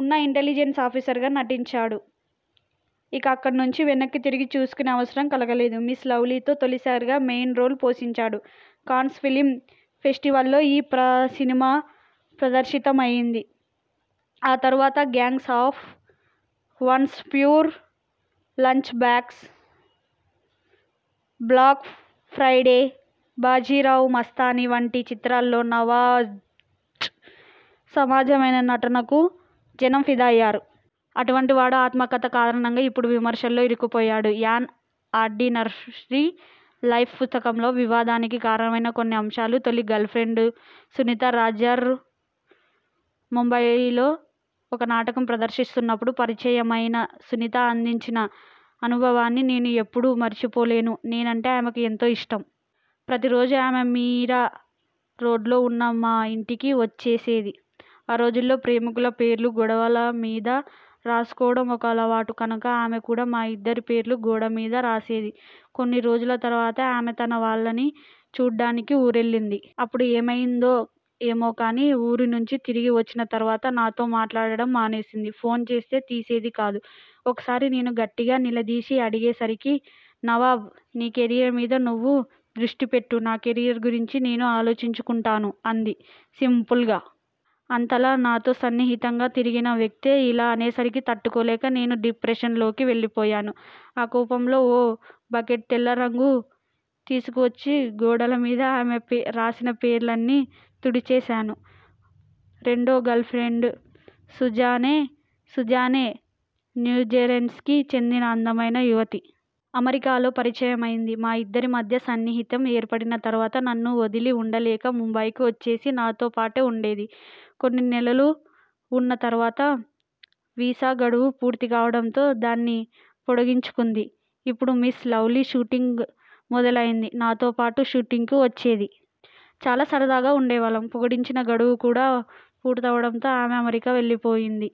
ఉన్న ఇంటెలిజెన్స్ ఆఫీసర్గా నటించాడు. ఇక అక్కడి నుంచి వెనక్కి తిరిగి చూసుకొనే అవసరం కలగలేదు.. 'మిస్ లవ్లీ' లో తొలిసారిగా మెయిన్ రోల్ పోషించాడు. కాన్స్ ఫిల్మ్ ఫెస్టివల్లో ఈ సినిమా ప్రదర్శితమైంది. ఆ తర్వాత 'gangs of Wasseypur 'lunch box', 'black Friday', 'Bajirao Mastani' వంటి చిత్రాల్లో నవాజ్ సహజమైన నటనకు జనం ఫిదా అయ్యారు. అటువంటి వాడు ఆత్మకథ కారణంగా ఇప్పుడు విమర్శల్లో ఇరుక్కుపోయాడు. 'యాన్ ఆర్డినరీ లైఫ్' పుస్తకంలో వివాదానికి కారణమైన కొన్ని అంశాలు తొలి గర్ల్ ఫ్రెండ్ సునీతా రాజ్వర్ ముంబైలో ఒక నాటకం ప్రదర్శిస్తున్పప్పుడు పరిచయమైన సునీత అందించిన అనుభవాన్ని నేను ఎప్పుడూ మరిచిపోలేను. నేనంటే ఆమెకు ఎంతో ఇష్టం. ప్రతి రోజూ ఆమె మీరా రోడ్లో ఉన్న మా ఇంటికి వచ్చేసేది. ఆ రోజుల్లో ప్రేమికుల పేర్లు గోడల మీద రాసుకోవడం ఒక అలవాటు కనుక ఆమె కూడా మా ఇద్దరి పేర్లు గోడల మీద రాసేది. కొన్ని రోజుల తర్వాత ఆమె తన వాళ్లని చూడటానికి ఊరెళ్లింది. అప్పుడు ఏమయిందో ఏమో కానీ ఊరు నుంచి తిరిగి వచ్చిన తర్వాత నాతో మాట్లాడటం మానేసింది. ఫోస్ చేస్తే తీసేది కాదు. ఒకసారి నేను గట్టిగా నిలదీసి అడిగేసరికి 'నవాజ్! నీ కెరీర్ మీద నువ్వు దృష్టి పెట్టు, నా కెరీర్ గురించి నేను ఆలోచించుకుంటాను' అంది సింపుల్గా. అంతలా నాతో సన్నిహితంగా తిరిగిన వ్యక్తి ఇలా అనేసరికి తట్టుకోలేక నేను డిప్రెషన్లోకి వెళ్లిపోయాను. ఆ కోపంతో ఓ బకెట్ తెల్ల రంగు తీసుకువచ్చి గోడల మీద ఆమె రాసిన పేర్లని తుడిచేశాను. రెండో గర్ల్ ఫ్రెండ్ సుజానే. సుజానే న్యూజెర్సీకి చెందిన అందమైన యువతి. అమెరికాలో పరిచయమైంది. మా ఇద్దరి మధ్య సాన్నిహిత్యం ఏర్పడిన తర్వాత నన్ను వదిలి ఉండలేక ముంబైకి వచ్చేసి నాతో పాటే ఉండేది. కొన్ని నెలలు ఉన్న తర్వాత వీసా గడువు పూర్తి కావడంతో దాన్ని పొడిగించుకుంది. అప్పుడే 'మిస్ లవ్లీ' షూటింగ్ మొదలైంది. నాతో పాటు షూటింగ్కు వచ్చేది. చాలా సరదాగా ఉండేవాళ్లం. పొడిగించిన గడువు కూడా పూర్తవడంతో ఆమె అమెరికా వెళ్లిపోయింది.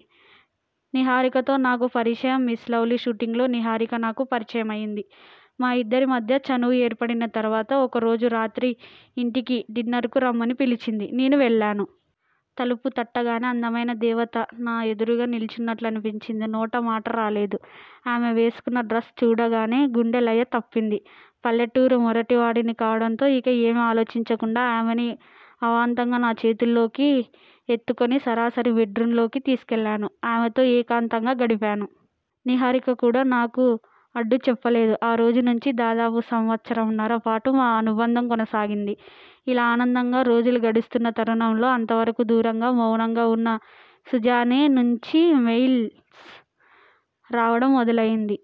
నిహారికతో నా పరిచయం'మిస్ లవ్లీ' షూటింగ్లో నిహారిక నాకు పరిచయమైంది. మా ఇద్దరి మధ్య చనువు ఏర్పడిన తర్వాత ఓ రోజు రాత్రి ఇంటికి డిన్నర్కు రమ్మని పిలిచింది. నేను వెళ్లాను. తలుపు తట్టగానే అందమైన దేవత నా ఎదురుగా నిలుచున్నట్లనిపించి నోట మాటరాలేదు. ఆమె వేసుకొన్న డ్రస్ చూడగానే గుండె లయ తప్పింది. పల్లెటూరి మొరటివాడిని కావడంతో ఇక ఏమీ ఆలోచించకుండా ఆమెని అమాంతం నా చేతుల్లోకి ఎత్తుకొని సరాసరి బెడ్రూమ్లోకి తీసుకెళ్లాను. ఆమెతో ఏకాంతంగా గడిపాను. నిహారిక కూడా నాకు అడ్డు చెప్పలేదు. ఆ రోజు నుంచి దాదాపు సంవత్సరన్నర పాటు మా అనుబంధం కొనసాగింది. ఇలా ఆనందంగా రోజులు గడుస్తున్న తరుణంలో అంతవరకూ దూరంగా, మౌనంగా ఉన్న సుజానే నుంచి మెయిల్స్ రావడం మొదలైంది.